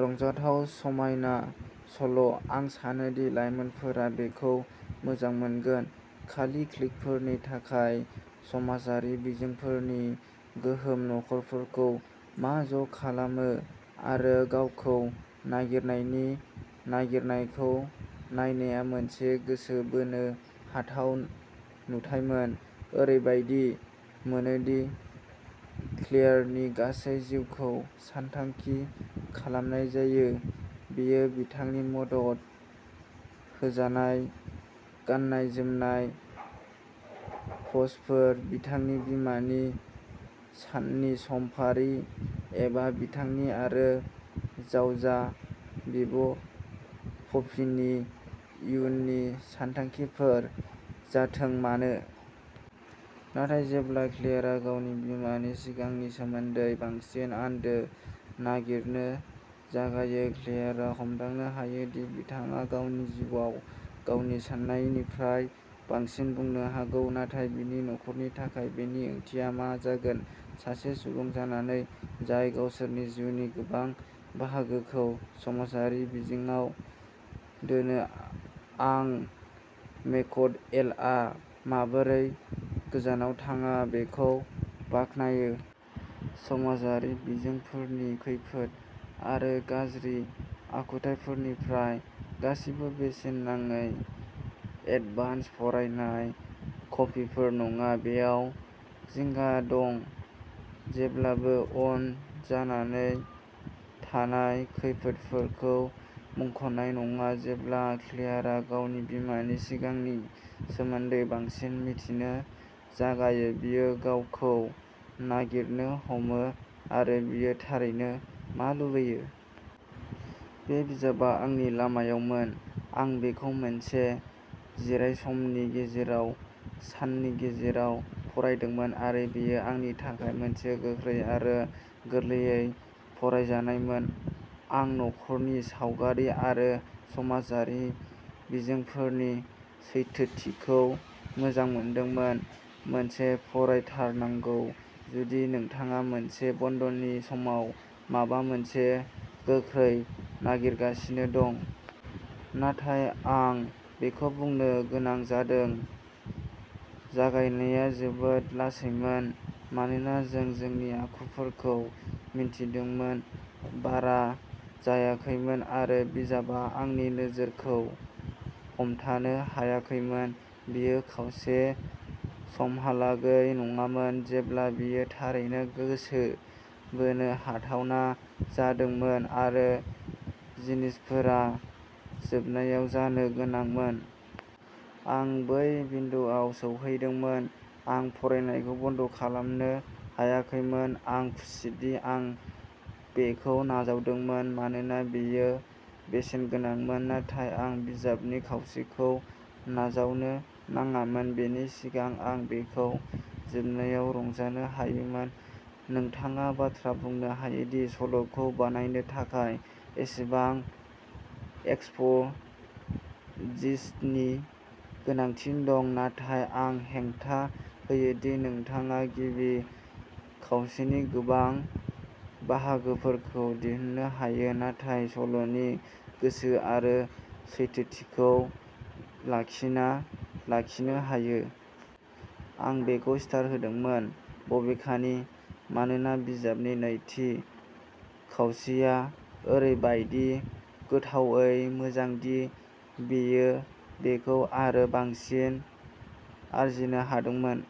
रंजाथाव, समायना सल'। आं सानोदि लाइमोनफोरा बेखौ मोजां मोनगोन। खालि क्लिकफोरनि थाखाय समाजारि बिजोंफोरनि गोहोम, नखरफोरखौ मा ज'खालामो, आरो गावखौ नागिरनायनि नागिरनायखौ नायनाया मोनसे गोसो बोनो हाथाव नुथायमोन। ओरैबायदि मोनोदि क्लेयारनि गासै जिउखौ सानथांखि खालामनाय जायो, बेयो बिथांनि मदद होजानाय गाननाय-जोमनाय पस्टफोर, बिथांनि बिमानि साननि समफारि, एबा बिथांनि आरो जावजा बिब'पपिनि इयुननि सानथांखिफोर जाथों मानो। नाथाय जेब्ला क्लेयारआ गावनि बिमानि सिगांनि सोमोन्दै बांसिन आन्दो नागिरनो जागायो, क्लेयारआ हमदांनो हायो दि बिथाङा गावनि जिउआव गावनि सान्नायनिफ्राय बांसिन बुंनो हागौ। नाथाय बिनि नखरनि थाखाय बेनि ओंथिया मा जागोन? सासे सुबुं जानानै जाय गावसोरनि जिउनि गोबां बाहागोखौ समाजारि बिजोंआव दोनो, आं मेकड'वेलआ माबोरै गोजानाव थाङा बेखौ बाख्नायो। समाजारि बिजोंफोरनि खैफोद आरो गाज्रि आखुथायफोरनिफ्राय। गासैबो बेसेन नाङै एडभान्स फरायनाय कपिफोर नङा, बेयाव जिंगा दं, जेब्लाबो'अन'जानानै थानाय, खैफोदफोरखौ मुंख'नाय नङा। जेब्ला क्लेयारआ गावनि बिमानि सिगांनि सोमोन्दै बांसिन मिथिनो जागायो, बियो गावखौ नागिरनो हमो, आरो बियो थारैनो मा लुबैयो। बे बिजाबआ आंनि लामायावमोन! आं बेखौ मोनसे जिरायसमनि गेजेराव साननि गेजेराव फरायदोंमोन आरो बेयो आंनि थाखाय मोनसे गोख्रै आरो गोरलैयै फरायजानायमोन! आं नखरनि सावगारि आरो समाजारि बिजोंफोरनि सैथोथिखौ मोजां मोनदोंमोन। मोनसे फरायथारनांगौ जुदि नोंथाङा मोनसे बन्द'नि समाव माबा मोनसे गोख्रै नागिरगासिनो दं! नाथाय आं बेखौ बुंनो गोनां जादोंः जागायनाया जोबोद लासैमोन मानोना जों जोंनि आखुफोरखौ मिन्थिदोंमोन। बारा जायाखैमोन, आरो बिजाबआ आंनि नोजोरखौ हमथानो हायाखैमोन। बेयो खावसे समहालागै नङामोन जेब्ला बेयो थारैनो गोसो बोनो हाथावना जादोंमोन आरो जिनिसफोरा जोबनायाव जानो गोनांमोन। आं बै बिन्दोआव सौहैदोंमोन, आं फरायनायखौ बन्द'खालामनो हायाखैमोन। आं खुसिदि आं बेखौ नाजावदोंमोन मानोना बेयो बेसेनगोनांमोन, नाथाय आं बिजाबनि खावसेखौ नाजावनो नाङामोन बेनि सिगां आं बेखौ जोबनायाव रंजानो हायोमोन। नोंथाङा बाथ्रा बुंनो हायोदि सल'खौ बानायनो थाखाय एसेबां एक्सप'जिशननि गोनांथि दं, नाथाय आं हेंथा होयो दि नोंथाङा गिबि खावसेनि गोबां बाहागोफोरखौ दिहुननो हायो, नाथाय सल'नि गोसो आरो सैथोथिखौ लाखिना लाखिनो हायो। आं बेखौ स्टार होदोंमोन, बबेखानि, मानोना बिजाबनि नैथि खावसेया ओरैबायदि गोथावै मोजां दि बेयो बेखौ आरो बांसिन आर्जिनो हादोंमोन।